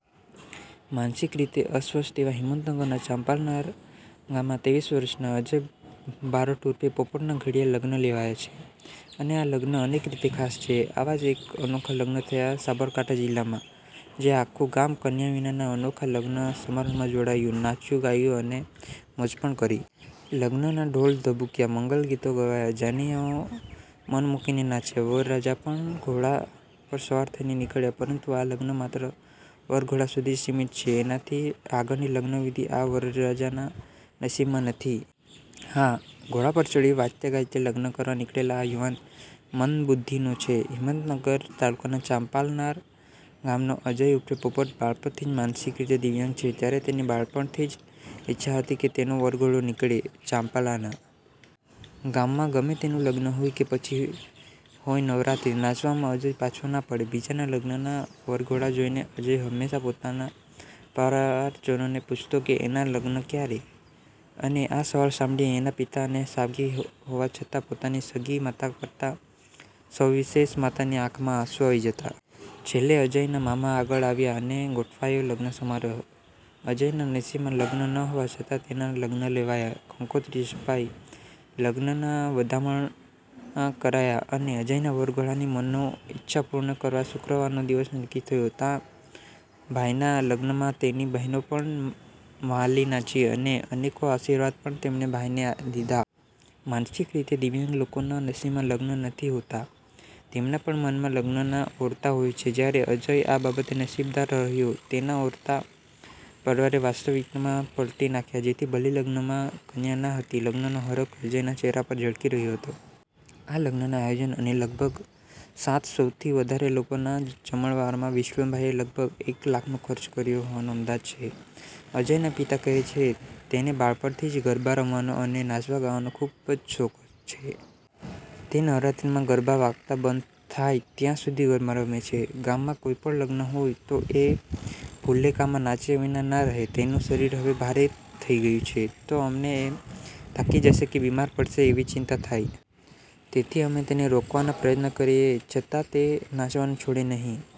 માનસિક રીતે અસ્વસ્થ એવા હિંમતનગરના ચાંપલાનાર ગામમાં તેવીસ વર્ષના અજય બારોટ ઉર્ફે પોપટનાં ઘડીયાં લગ્ન લેવાયાં છે અને આ લગ્ન અનેક રીતે ખાસ છે. આવા જ એક અનોખા લગ્ન થયા સાબરકાંઠા જીલ્લામાં. જ્યાં આખું ગામ કન્યા વિનાના અનોખા લગ્ન સમારોહમાં જોડાયું ,નાચ્યું ,ગાયું અને મોજ પણ કરી. લગ્નના ઢોલ ધબૂક્યા મંગલ ગીતો ગવાયા, જાનૈયાઓ મન મુકીને નાચ્યા. વરરાજા પણ ઘોડા પર સવાર થઈને નીકળ્યા પરંતુ આ લગ્ન માત્ર વરઘોડા સુધી જ સીમિત છે એનાથી આગળની લગ્ન વિધિ આ વરરાજાના નસીબમાં નથી. હા, ઘોડા પર ચડી વાજતે-ગાજતે લગ્ન કરવા નીકળેલો આ યુવાન મંદબુધ્ધીનો છે. હિમતનગર તાલુકાના ચાંપલાનાર ગામનો અજય ઉર્ફે પોપટ બાળપણથી જ માનસિક રીતે દિવ્યાંગ છે.ત્યારે તેની બાળપણથી જ ઈચ્છા હતી કે તેનો વરઘોડો નીકળે. ચાંપલાના ગામમાં ગમે તેનું લગ્ન હોય કે પછી હોય નવરાત્રી, નાચવામાં અજય પાછો ના પડે .બીજાના લગ્નના વરઘોડા જોઇને અજય હમેશા પોતાના પરિવારજનોને પૂછતો કે એના લગ્ન ક્યારે? અને આ સવાલ સાંભળી એના પિતા અને સાવકી હોવા છતાં પોતાની સગી માતા કરતા સવિશેષ માતાની આંખમાં આંસુ આવી જતા. છેલ્લે અજયના મામા આગળ આવ્યા અને ગોઠવાયો લગ્ન સમારોહ. અજયના નસીબમાં લગ્ન ન હતા છતાં તેના લગ્ન લેવાયા, કંકોત્રી છપાઈ ,લગ્નના વધામણા કરાયા અને અજયનાં વરઘોડાની મનોઈચ્છા પૂર્ણ કરવા શુક્રવારનો દિવસ નક્કી થયો તો ભાઈના લગ્નમાં તેની બહેનો પણ મ્હાલીનાચી અને અનેકો આશીર્વાદ પણ તેમણે ભાઈને દીધા. માનસિક રીતે દિવ્યાંગ લોકોના નસીબમાં લગ્ન નથી હોતા તેમના પણ મનમાં લગ્નનાં ઓરતા હોય છે ત્યારે અજય આ બાબતે નસીબદાર રહ્યો. તેના ઓરતા પરિવારે વાસ્તવિકતામાં પલટી નાખ્યા જેથી ભલે લગ્નમાં કન્યા ના હતી, લગ્નનો હરખ અજયના ચહેરા પર ઝળકી રહ્યો હતો. આ લગ્નનાં આયોજન અને લગભગ સાતસોથી વધારે લોકોના જમણવારમાં વિષ્ણુભાઇએ લગભગ એક લાખનો ખર્ચ કર્યો હોવાનો અંદાજ છે. અજયના પિતા કહે છે, 'તેને બાળપણથી જ ગરબા રમવાનો અને નાચવા-ગાવાનો ખૂબ જ શોખ છે. તે નવરાત્રિમાં ગરબા વાગતા બંધ થાય ત્યાં સુધી ગરબા રમે છે. ગામમાં કોઈ પણ લગ્ન હોય તો એ ફુલેકામાં નાચ્યા વિના ના રહે. તેનું શરીર હવે ભારે થઈ ગયું છે, તો અમને એ થાકી જશે કે બીમાર પડશે એવી ચિંતા થાય. તેથી અમે તેને રોકવાના પ્રયત્ન કરીએ છતાં તે નાચવાનું છોડે નહીં.'